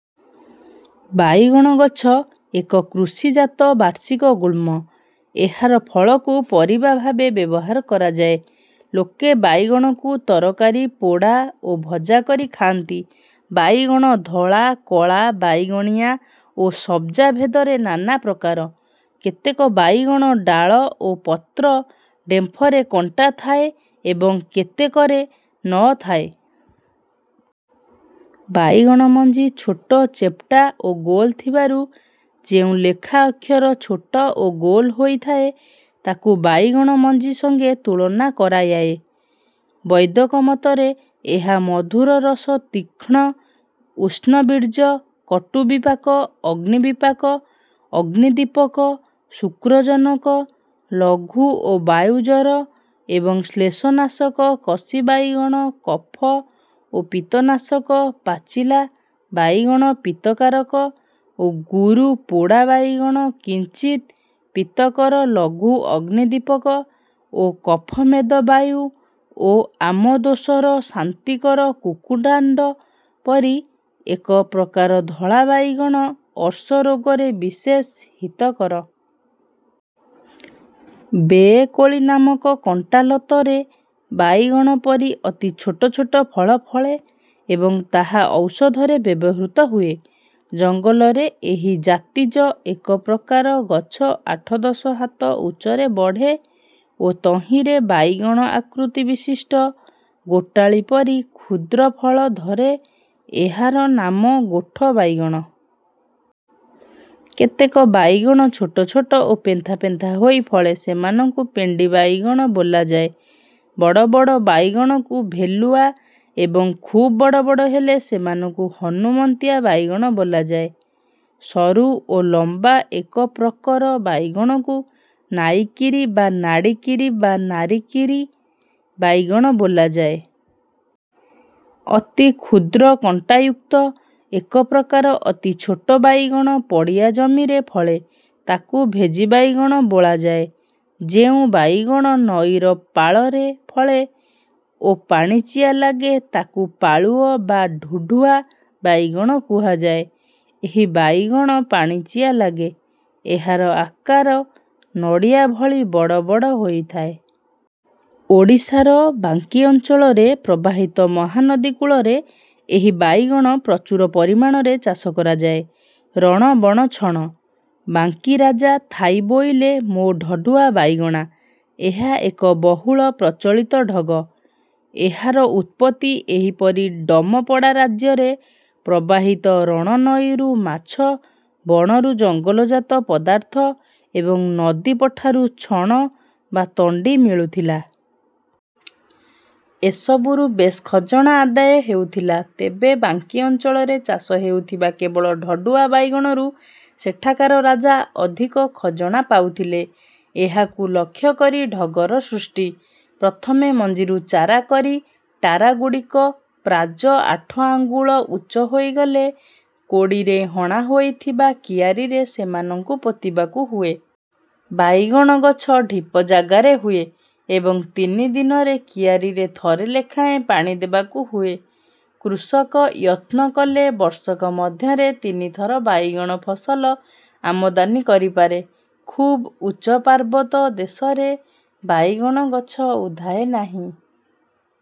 ବାଇଗଣ ଗଛ ଏକ କୃଷି ଜାତ ବାର୍ଷିକ ଗୁଳ୍ମ। ଏହାର ଫଳକୁ ପରିବା ଭାବେ ବ୍ୟବହାର କରାଯାଏ। ଲୋକେ ବାଇଗଣକୁ ତରକାରୀ ପୋଡ଼ା ଓ ଭଜା କରି ଖାଆନ୍ତି। ବାଇଗଣ ଧଳା କଳା ବାଇଗଣିଆ ଓ ସବଜା ଭେଦରେ ନାନାପ୍ରକାର। କେତେକ ବାଇଗଣ ଡ଼ାଳ ଓ ପତ୍ର ଡ଼େମ୍ଫରେ କଣ୍ଟା ଥାଏ ଏବଂ କେତେକରେ ନ ଥାଏ। ବାଇଗଣ ମଞ୍ଜି ଛୋଟ ଚେପଟା ଓ ଗୋଲ ଥିବାରୁ ଯେଉଁ ଲେଖା ଅକ୍ଷର ଛୋଟ ଓ ଗୋଲ ହୋଇ ଥାଏ ତାକୁ ବାଇଗଣ ମଞ୍ଜି ସଙ୍ଗେ ତୁଳନା କରାୟାଏ। ବୈଦ୍ୟକମତରେ ଏହା ମଧୁରରସ ତୀକ୍ଷ୍ଣ ଉଷ୍ଣବୀର୍ଯ୍ୟ କଟୁବିପାକ ଅଗ୍ନିବିପାକ ଅଗ୍ନିଦୀପକ ଶୁକ୍ରଜନକ ଲଘୁ ଓ ବାୟୁ ଜର ଏବଂ ଶ୍ଲେଷନାଶକ କଷି ବାଇଗଣ କଫ ଓ ପିତ୍ତନାଶକ ପାଚିଲା ବାଇଗଣ ପିତ୍ତକାରକ ଓ ଗୁରୁ ପୋଡ଼ା ବାଇଗଣ କିଞ୍ଚିତ୍ ପିତ୍ତକର ଲଘୁ ଅଗ୍ନିଦୀପକ ଓ କଫ ମେଦ ବାୟୁ ଓ ଆମଦୋଷର ଶାନ୍ତିକର କୁକୁଟାଣ୍ଡ ପରି ଏକ ପ୍ରକାର ଧଳା ବାଇଗଣ ଅର୍ଶରୋଗରେ ବିଶେଷ ହିତକର। ବେଏ କୋଳି ନାମକ କଣ୍ଟାଲତରେ ବାଇଗଣ ପରି ଅତି ଛୋଟ ଛୋଟ ଫଳ ଫଳେ ଏବଂ ତାହା ଔଷଧରେ ବ୍ୟବହୃତ ହୁଏ। ଜଙ୍ଗଲରେ ଏହି ଜାତୀଯ ଏକପ୍ରକାର ଗଛ ଆଠ ଦଶ ହାତ ଉଚ୍ଚରେ ବଢ଼େ ଓ ତହିଁରେ ବାଇଗଣ ଆକୃତି ବିଶିଷ୍ଟ ଗୋଟାଳି ପରି କ୍ଷୁଦ୍ରଫଳ ଧରେ ଏହାର ନାମ ଗୋଠ ବାଇଗଣ। କେତେକ ବାଇଗଣ ଛୋଟ ଛୋଟ ଓ ପେନ୍ଥା ପେନ୍ଥା ହୋଇ ଫଳେ ସେମାନଙ୍କୁ ପେଣ୍ଡୀ ବାଇଗଣ ବୋଲାଯାଏ। ବଡ଼ ବଡ଼ ବାଇଗଣକୁ ଭେଲୁଆ ଏବଂ ଖୁବ୍ ବଡ଼ ବଡ଼ ହେଲେ ସେମାନଙ୍କୁ ହନୁମନ୍ତିଆ ବାଇଗଣ ବୋଲାଯାଏ। ସରୁ ଓ ଲମ୍ବା ଏକପ୍ରକର ବାଇଗଣକୁ ନାଇକିରି ବା ନାଡ଼ିକିରି ବା ନାରିକିରି ବାଇଗଣ ବୋଲାଯାଏ। ଅତି କ୍ଷୁଦ୍ର କଣ୍ଟାୟୁକ୍ତ ଏକପ୍ରକାର ଅତି ଛୋଟ ବାଇଗଣ ପଡ଼ିଆ ଜମିରେ ଫଳେ ତାକୁ ଭେଜୀବାଇଗଣ ବୋଳାଯାଏ। ଯେଉଁ ବାଇଗଣ ନଈର ପାଳରେ ଫଳେ ଓ ପାଣିଚିଆ ଲାଗେ ତାକୁ ପାଳୁଅ ବା ଢୁଢୁଆ ବାଇଗଣ କୁହାଯାଏ। ଏହି ବାଇଗଣ ପାଣିଚିଆ ଲାଗେ। ଏହାର ଆକାର ନଡ଼ିଆ ଭଳି ବଡ଼ ବଡ଼ ହୋଇଥାଏ। ଓଡ଼ିଶାର ବାଙ୍କୀ ଅଞ୍ଚଳରେ ପ୍ରବାହିତ ମହାନଦୀ କୂଳରେ ଏହି ବାଇଗଣ ପ୍ରଚୁର ପରିମାଣରେ ଚାଷ କରାଯାଏ। ରଣ ବଣ ଛଣ। ବାଙ୍କୀରାଜା ଥାଇବୋଇଲେ ମୋ ଢଢ଼ୁଆ ବାଇଗଣ।। ଏହା ଏକ ବହୁଳ ପ୍ରଚଳିତ ଢଗ। ଏହାର ଉତ୍ପତି ଏହିପରି ଡମପଡ଼ା ରାଜ୍ୟରେ ପ୍ରବାହିତ ରଣ ନଈରୁ ମାଛ ବଣରୁ ଜଙ୍ଗଲ ଜାତ ପଦାର୍ଥ ଏବଂ ନଦୀ ପଠାରୁ ଛଣ ବା ତଣ୍ଡି ମିଳୁଥିଲା। ଏ ସବୁରୁ ବେଶ ଖଜଣା ଆଦାୟ ହେଉଥିଲା। ତେବେ ବାଙ୍କୀ ଅଞ୍ଚଳରେ ଚାଷ ହେଉଥିବା କେବଳ ଢଢ଼ୁଆ ବାଇଗଣରୁ ସେଠାକାର ରାଜା ଅଧିକ ଖଜଣା ପାଉଥିଲେ। ଏହାକୁ ଲକ୍ଷ୍ୟ କରି ଢଗର ସୃଷ୍ଟି। ପ୍ରଥମେ ମଞ୍ଜିରୁ ଚାରା କରି ଟାରାଗୁଡ଼ିକ ପ୍ରାଯ ଆଠ ଆଙ୍ଗୁଳ ଉଚ୍ଚ ହୋଇଗଲେ କୋଡ଼ିରେ ହଣା ହୋଇଥିବା କିଆରିରେ ସେମାନଙ୍କୁ ପୋତିବାକୁ ହୁଏ। ବାଇଗଣ ଗଛ ଢ଼ିପ ଯାଗାରେ ହୁଏ ଏବଂ ତିନି ଦିନରେ କିଆରିରେ ଥରେ ଲେଖାଏଁ ପାଣି ଦେବାକୁ ହୁଏ। କୃଷକ ୟତ୍ନ କଲେ ବର୍ଷକ ମଧ୍ୟରେ ତିନିଥର ବାଇଗଣ ଫସଲ ଆମଦାନି କରି ପାରେ। ଖୁବ୍ ଉଚ୍ଚ ପାର୍ବତ ଦେଶରେ ବାଇଗଣ ଗଛ ଉଧାଏ ନାହିଁ।